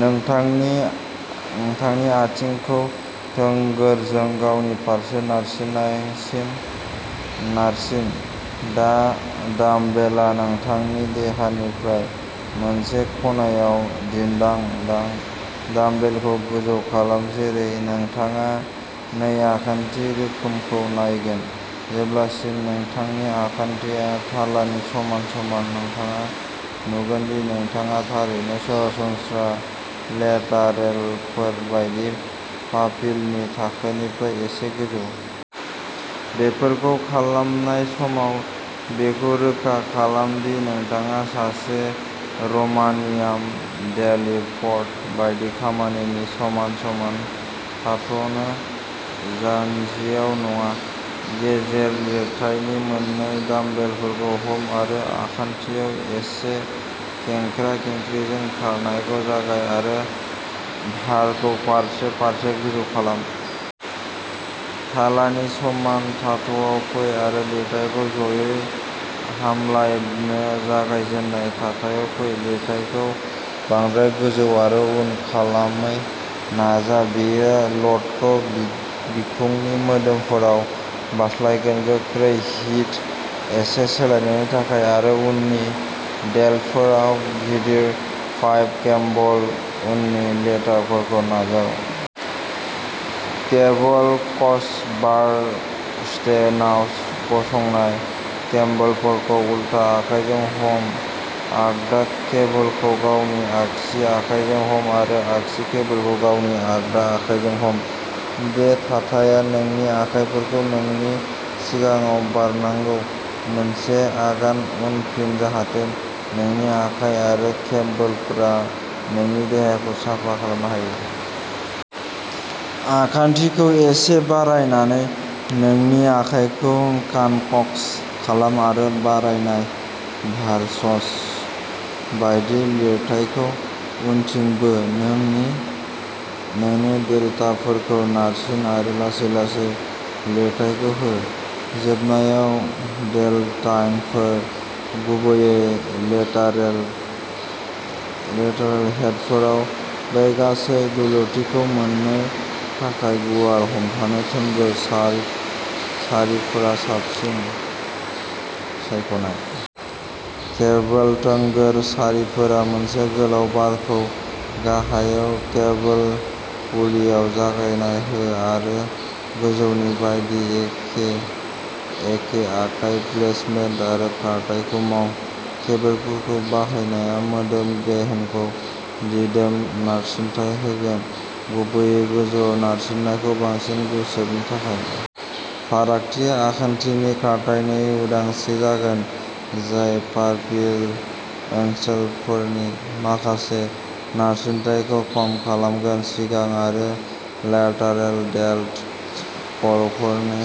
नोंथांनि नोंथांनि आथिंखौ थोंगोरजों गावनि फारसे नारसिन्नायसिम नारसिन। दा डाम्बेलआ नोंथांनि देहानिफ्राय मोनसे खनायाव दिन्दां दं। डाम्बेलखौ गोजौ खालाम, जेरै नोंथाङा नै आखान्थि रोखोमखौ नायगोन, जेब्लासिम नोंथांनि आखान्थिया थालानि समान समान। नोंथाङा नुगोन दि नोंथाङा थारैनो सरासनस्रा लेटारेलफोर बायदि फाफ्लिनि थाखोनिफ्राय एसे गोजौ। बेफोरखौ खालामनाय समाव बेखौ रोखा खालाम दि नोंथाङा सासे र'मानियान डेडलिफ्ट बायदि खामिनि समान समान थाथ'नो, जान्जियाव नङा। गेजेर लिरथायनि मोन्नै डामबेलफोरखौ हम आरो आखान्थिआव एसे खेंख्रा-खेंख्रिजों खारनायखौ जागाय आरो भारखौ फारसे-फारसे गोजौ खालाम। थालानि समान थाथ'आव फै आरो लिरथायखौ ज'यै हामलायनो जागायजेननाय थाथायाव फै। लिरथायखौ बांद्राय गोजौ आरो उन खालामै नाजा बेयो ल'डखौ बिखुंनि मोदोमफोराव बारस्लायगोन। गोख्रै हिट एसे सोलायनायनि थाखाय आरो उननि डेल्टफोराव गिदिर पाम्प केबोल उननि लेटारेलफोरखौ नाजाव। केबोल क्रसभार स्टेश नाव गसंनाय केबोलफोरखौ उलथा आखाइजों हम आगदा केबोलखौ गावनि आगसि आखाइजों हम आरो आगसि केबोलखौ गावनि आगदा आखाइजों हम। बे थाथाया नोंनि आखाइफोरखौ नोंनि सिगाङाव बारनांगौ। मोनसे आगान उनफिन जाहाथे नोंनि आखाइ आरो केबोलफोरा नोंनि देहाखौ साफा खालामनो हायो। आखान्थिखौ एसे बारायनानै नोंनि आखाइखौ कानकस खालाम आरो बारनाय भारसस बायदि लिरथायखौ उनथिं बो। नोंनि डेल्टइडफोरखौ नारसि आरो लासै-लासै लिरथायखौ हो। जोबनायाव डेल्टइडफोर, गुबैयै लेटारेल हेडफोराव बै गासै दुलुरथिखौ मोन्नो थाखाय, गुवार हमथानाय थोंगोर सारिफोरा साबसिन सायख'नाय। केबोल थोंगोर सारिफोरजों मोनसे गोलाव बारखौ गाहायाव केबोल पुलिआव लागायना हो आरो गोजौनि बायदि एखे आखाइ प्लेसमेन्ट आरो खारथाइखौ माव। केबोलफोरखौ बाहायनाया मोदोम गेहेनखौ दिदोम नारसिनथाय होगोन, गुबैयै गोजौआव नारसिन्नायखौ बांसिन गुसेबनायनि थाखाय। फारागथिया आखान्थिनि खारथायनि उदांस्रि जागोन जाय फारफिल ओनसोलनि माखासे नारसिनथायखौ खम खालामगोन। सिगांनि आरो लेटारेल डेलटइड खर'फोरनि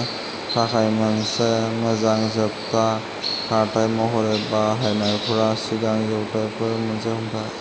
थाखाय मोनसे मोजां जोबथा खारथाइ महरै बाहायजानायफोरा सिगां जौनायफोर मोनसे हमथा।